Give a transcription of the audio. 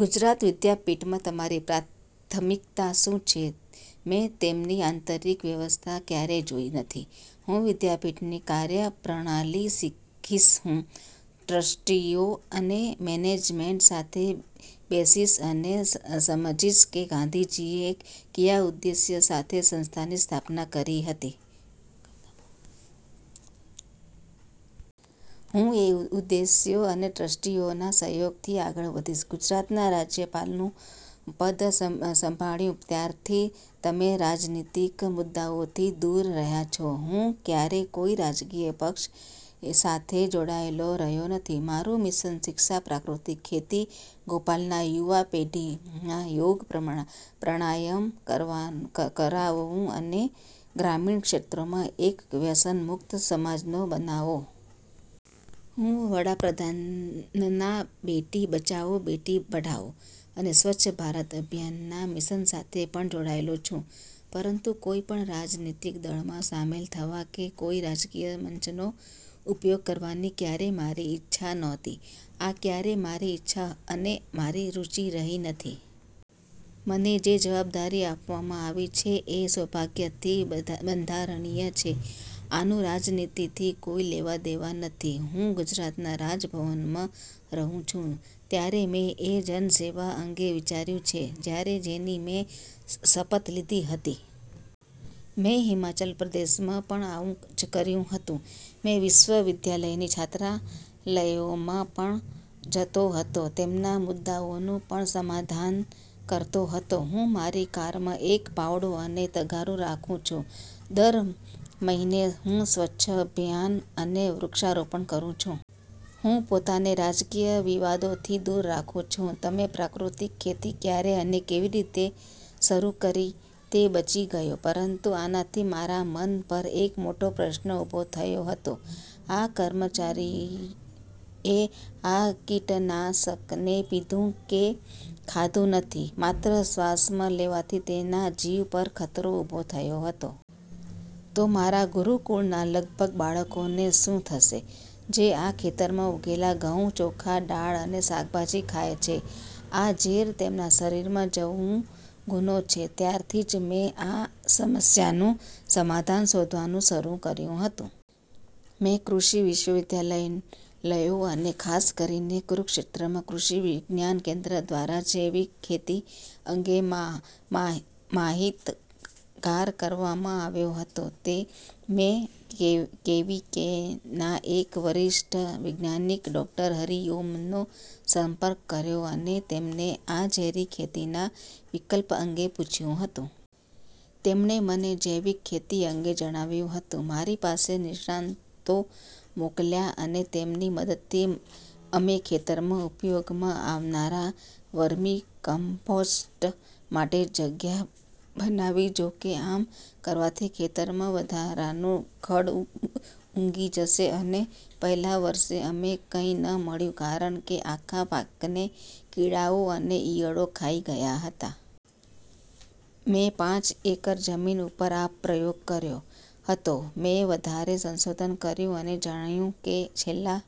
ગુજરાત વિદ્યાપીઠમાં તમારી પ્રાથમિક્તા શું છે? મેં તેમની આંતરિક વ્યવસ્થા ક્યારે જોઈ નથી. હું વિદ્યાપીઠની કાર્યપ્રણાલી સિખીશ. હું ટ્રસ્ટીઓ અને મેનેજમેન્ટ સાથે બેસીશ અને સમજીશ કે ગાંધીજીએ કયા ઉદેશ્ય સાથે સંસ્થાની સ્થાપના કરી હતી. હું એ ઉદેશ્યો અને ટ્રસ્ટીઓના સહયોગથી આગળ વધીશ. ગુજરાતના રાજ્યપાલનું પદ સંભાળ્યું ત્યારથી તમે રાજનીતિક મુદ્દાઓથી દૂર રહ્યા છો હું ક્યારે કોઈ રાજકીય પક્ષ સાથે જોડાયેલો રહ્યો નથી. મારું મિશન શિક્ષા, પ્રાકૃતિક ખેતી, ગૌપાલન, યુવા પેઠીમાં યોગ પ્રાણાયામ કરાવવું અને ગ્રામીણ ક્ષેત્રોમાં એક વ્યસન મુક્ત સમાજ બનાવવો. હું વડાપ્રધાનના બેટી બચાઓ, બેટી પઢાઓ અને સ્વચ્છ ભારત અભિયાનના મિશન સાથે પણ જોડાયેલો છું. પરંતુ કોઈપણ રાજનીતિક દળમાં સામેલ થવા કે કોઈ રાજકીય મંચનો ઉપયોગ કરવાની ક્યારે મારી ઈચ્છા ન્હોતી. આ ક્યારેય મારી ઇચ્છા અને મારી રુચી રહી નથી. મને જે જવાબદારી આપવામાં આવી છે એ સૌભાગ્યથી બંધારણીય છે. આનું રાજનીતિથી કોઈ લેવા-દેવા નથી. હું ગુજરાતના રાજભવનમાં રહું છું ત્યારે મેં એ જનસેવા અંગે વિચાર્યું છે જ્યારે જેની મેં શપથ લીધી હતી. મેં હિમાચલ પ્રદેશમાં પણ આવું જ કર્યું હતું. મેં વિશ્વવિદ્યાલયની છાત્રાલયોમાં પણ જતો હતો. તેમના મુદ્દાઓનું પણ સમાધાન કરતો હતો. હું મારી કારમાં એક પાવડો અને તગારું રાખું છું. દર મહિને હું સ્વચ્છતા અભિયાન અને વૃક્ષારોપણ કરું છું. હું પોતાને રાજકીય વિવાદોથી દૂર રાખું છું. તમે પ્રાકૃતિક ખેતી ક્યારે અને કેવી રીતે શરૂ કરી? તે બચી ગયો પરંતુ આનાથી મારા મન પર એક મોટો પ્રશ્ન ઊભો થયો હતો. આ કર્મચારીએ આ કીટનાશકને પીધું કે ખાધું નથી માત્ર શ્વાસમાં લેવાથી તેના જીવ પર ખતરો ઊભો થયો હતો. તો મારા ગુરુકુળના લગભગ બાળકોનું શું થશે જે આ ખેતમાં ઉગેલા ઘઉં, ચોખા, દાળ અને શાકભાજી ખાય છે. આ ઝેર તેમના શરીરમાં જવું ગુનો છે. ત્યારથી જ મેં આ સમસ્યાનું સમાધાન શોધવાનું શરું કર્યું હતું. મેં કૃષિ વિશ્વવિદ્યાલયો અને ખાસ કરીને કુરુક્ષેત્રમાં કૃષિ વિજ્ઞાન કેન્દ્ર દ્વારા જૈવિક ખેતી અંગે માહિતગાર કરવામાં આવ્યો હતો. મેં કેવીકેના એક વરિષ્ઠ વૈજ્ઞાનિક ડો. હરિઓમનો સંપર્ક કર્યો અને તેમને આ ઝેરી ખેતીના વિકલ્પ અંગે પૂછ્યું હતું. તેમણે મને જૈવિક ખેતી અંગે જણાવ્યું હતું. મારી પાસે નિષ્ણાંતો મોકલ્યા અને તેમની મદદથી અમે ખેતરમાં ઉપયોગમાં આવનારા વર્મીકમ્પોસ્ટ માટે જગ્યા બનાવી. જોકે, આમ કરવાથી ખેતરમાં વધારાનું ખડ ઉઘી જશે અને પહેલા વર્ષે અમે કંઈ ન મળ્યું કારણ કે આખા પાકને કીડાઓ અને ઇયળો ખાઈ ગયા હતા. મેં પાંચ એકર જમીન ઉપર આ પ્રયોગ કર્યો હતો. મેં વધારે સંશોધન કર્યું અને જાણ્યું કે છેલ્લા